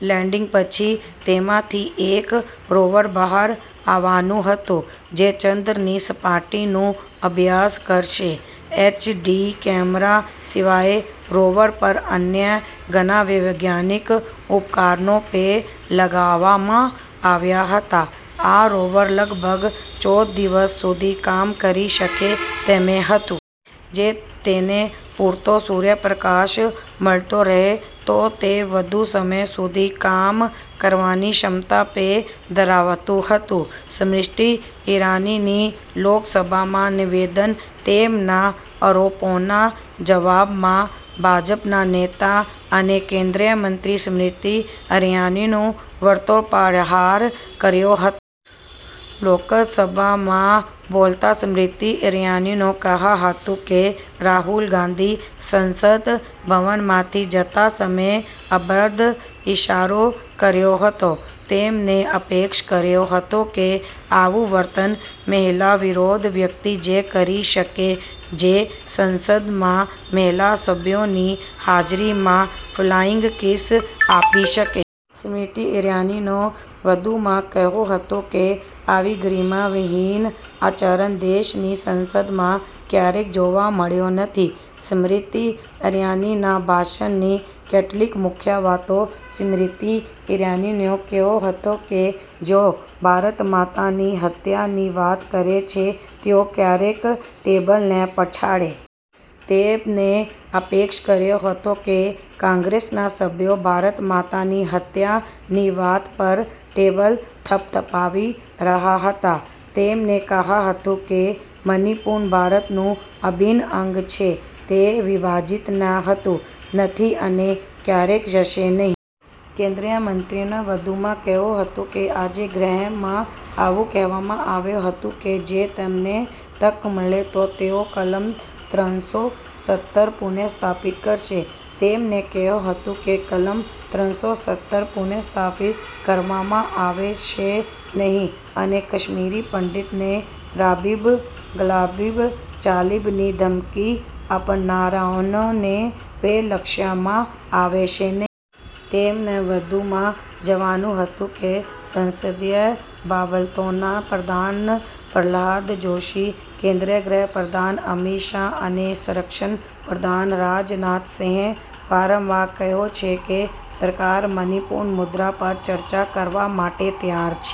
Landing પછી, તેમાંથી એક રોવર બહાર આવવાનું હતું, જે ચંદ્રની સપાટીનો અભ્યાસ કરશે. એચડી કેમેરા સિવાય રોવર પર અન્ય ઘણા વૈજ્ઞાનિક ઉપકરણો પણ લગાવવામાં આવ્યા હતા. આ રોવર લગભગ ચૌદ દિવસ સુધી કામ કરી શકે તેમેં હતું. જો તેને પૂરતો સૂર્યપ્રકાશ મળતો રહે, તો તે વધુ સમય સુધી કામ કરવાની ક્ષમતા પણ ધરાવતું હતું. સ્મૃતિ ઈરાનીનું લોકસભામાં નિવેદન તેમના આરોપોના જવાબમાં ભાજપના નેતા અને કેન્દ્રીય મંત્રી સ્મૃતિ ઈરાનીએ વળતો પ્રહાર કર્યો હતો. લોકસભામાં બોલતાં સ્મૃતિ ઈરાનીએ કહ્યું હતું કે, રાહુલ ગાંધી સંસદ ભવનમાંથી જતા સમયે અભદ્ર ઈશારો કર્યો હતો. તેમણે આપેક્ષ કર્યો હતો કે આવું વર્તન મહિલા વિરોધી વ્યક્તિ જ કરી શકે, જે સંસદમાં મહિલા સભ્યોની હાજરીમાં ફ્લાઈંગ કિસ આપી શકે. સ્મૃતિ ઈરાનીએ વધુમાં કહ્યું હતું કે આવું ગરિમા વિહીન આચરણ દેશની સંસદમાં ક્યારેય જોવા મળ્યું નથી. સ્મૃતિ ઈરાનીના ભાષણની કેટલીક મુખ્ય વાતો સ્મૃતિ ઈરાનીએ કહ્યું હતું કે જેઓ “ભારત માતાની હત્યા”ની વાત કરે છે, તેઓ ક્યારેય ટેબલ ન પછાડે. તેમણે આક્ષેપ કર્યો હતો કે કોંગ્રેસના સભ્યો “ભારત માતાની હત્યા”ની વાત પર ટેબલ થપથપાવી રહ્યા હતા. તેમણે કહ્યું હતું કે મણિપુર ભારતનું અભિન્ન અંગ છે. તે વિભાજિત ન હતું, નથી અને ક્યારેય થશે નહીં. કેન્દ્રીય મંત્રીએ વધુમાં કહ્યું હતું કે આજે ગૃહમાં એવું કહેવામાં આવ્યું હતું કે જો તેમને તક મળે તો તેઓ કલમ ત્રણસો સિત્તેર પુનઃસ્થાપિત કરશે. તેમણે કહ્યું હતું કે કલમ ત્રણસો સિત્તેર પુનઃસ્થાપિત કરવામાં આવશે નહીં અને કાશ્મીરી પંડિતોને “રાલિબ, ગાલિબ, ચાલીબ”ની ધમકી આપનારાઓને પણ બક્ષવામાં આવશે નહીં. તેમણે વધુમાં જણાવ્યું હતું કે સંસદીય બાબતોના પ્રધાન પ્રહલાદ જોશી, કેન્દ્રીય ગૃહ પ્રધાન અમિત શાહ અને સંરક્ષણ પ્રધાન રાજનાથ સિંહે વારંવાર કહ્યું છે કે સરકાર મણિપુર મુદ્દા પર ચર્ચા કરવા માટે તૈયાર છે.